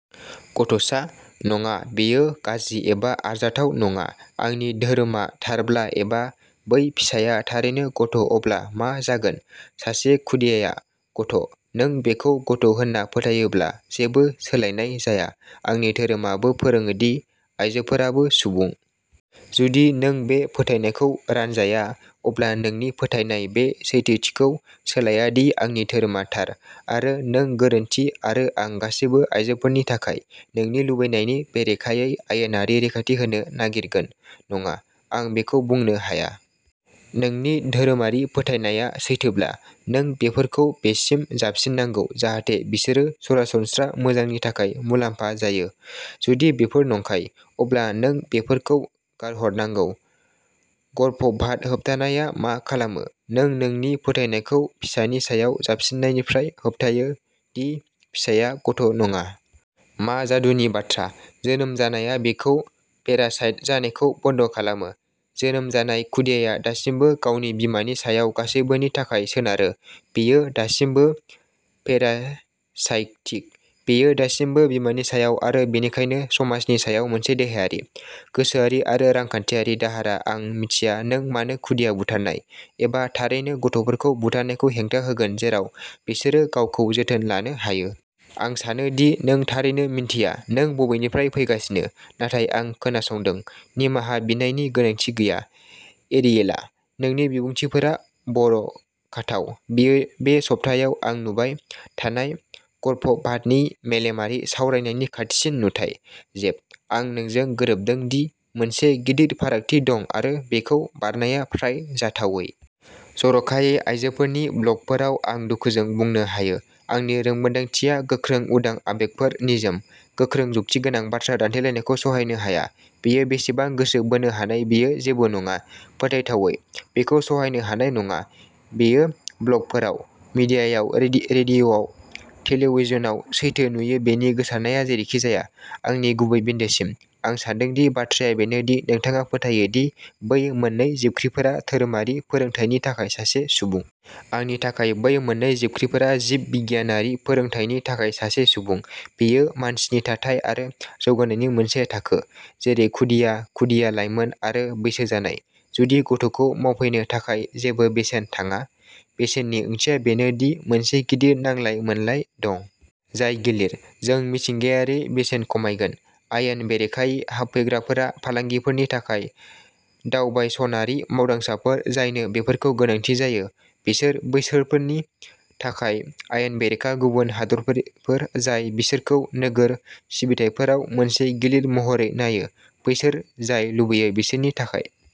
गथ'सा? नङा, बेयो गाज्रि एबा आरजाथाव नङा। आंनि धोरोमा थारब्ला आरो बै फिसाया थारैनो गथ' अब्ला मा जागोन? सासे खुदियाया गथ'। नों बेखौ गथ'होनना फोथायाब्ला जेबो सोलायनाय जाया। आंनि धोरोमा बो फोरोङो दि आयजोफोराबो सुबुं। जुदि नों बे फोथायनायखौ रानजाया, अब्ला नोंनि फोथायनाया बे सैथोथिखौ सोलाया दि आंनि धोरोमा थार, आरो नों गोरोन्थि, आरो आं गासैबो आयजोफोरनि थाखाय नोंनि लुबैनायनि बेरेखायै आयेनारि रैखाथि होनो नागिरगोन। नङा, आं बेखौ बुंनो हाया। नोंनि धोरोमारि फोथायनाया सैथोब्ला, नों बेफोरखौ बेसिम जाबसिननांगौ जाहाथे बिसोरो सरासनस्रा मोजांनि थाखाय मुलाम्फा जायो। जुदि बेफोर नंखाय, अब्ला नों बेफोरखौ गारहरनांगौ। गर्भपात होबथानाया मा खालामो, नों नोंनि फोथायनायखौ फिसानि सायाव जाबसिननायनिफ्राय होबथायो दि फिसाया गथ' नङा। मा जादुनि बाथ्रा? जोनोम जानाया बेखौ पेरासाइट जानायखौ बन्द खालामो? जोनोम जानाय खुदियाया दासिमबो गावनि बिमानि सायाव गासैबोनि थाखाय सोनारो। बेयो दासिमबो पेरासाइटिक। बेयो दासिमबो बिमानि सायाव आरो बेनिखायनो समाजनि सायाव मोनसे देहायारि, गोसोआरि आरो रांखान्थियारि दाहारा आं मिथिया नों मानो खुदिया बुथारनाय, एबा थारैनो गथ'फोरखौ बुथारनायखौ हेंथा होगोन जेराव बिसोरो गावखौ जोथोन लानो हायो। आं सानो दि नों थारैनो मिन्थिया नों बबेनिफ्राय फैगासिनो, नाथाय आं खोनासंदों। निमाहा बिनायनि गोनांथि गैया, एरियेला। नोंनि बिबुंथिफोरा बर'खाथाव। बेयो बे सप्तायाव आं नुबाय थानाय गर्भपातनि मेलेमारि सावरायनायनि खाथिसिन नुथाय। जेफ, आं नोंजों गोरोबदों दि मोनसे गिदिर फारागथि दं आरो बेखौ बारनाया फ्राय जाथावै। जर'खायै आयजोफोरनि ब्लगफोराव आं दुखुजों बुंनो हायो। आंनि रोंमोन्दांथियाव गोख्रों उदां आबेगफोरा निजोम, गोख्रों जुक्तिगोनां बाथ्रा दान्थेलायनायखौ सहायनो हाया। बेयो बेसेबां गोसो बोनो हानाय बेयो जेबो नङा। फोथायथावै, बेखौ सहायनो हानाय नङा। बेयो ब्लगफोराव, मिडियायाव, रेडिय'आव, टेलीविजनआव सैथो नुयो बेनि गोसारनाय जेरैखिजाया, आंनि गुबै बिन्दोसिम, आं सान्दों दि बाथ्राया बेनो दि नोंथाङा फोथायो दि बै मोननै जिबख्रिफोरा धोरोमारि फोरोंथायनि थाखाय सासे सुबुं। आंनि थाखाय बै मोननै जिबख्रिफोरा जिब बिगियानारि फोरोंथायनि थाखाय सासे सुबुं। बेयो मानसिनि थाथाय आरो जौगानायनि मोनसे थाखो, जेरै खुदिया, खुदिया, लायमोन आरो बैसो जानाय। जुदि गथ'खौ मावफैनो थाखाय जेबो बेसेन थाङा? बेसेननि ओंथिया बेनो दि मोनसे गिदिर नांलाय मोनलाय दं। जाय गिलिर, जों मिथिंगायारियै बेसेन खमायगोन। आयेन बेरेखायै हाबफैग्राफोरा फालांगिफोरनि थाखाय दावबायसनारि मावदांसाफोर जायनो बेफोरखौ गोनांथि जायो। बिसोर बैसोरफोरनि थाखाय आयेन बेरेखा गुबुन हादोरारिफोर जाय बिसोरखौ नोगोर सिबिथाइफोराव मोनसे गिलिर महरै नायो। बैसोर जाय लुबैयो बिसोरनि थाखाय।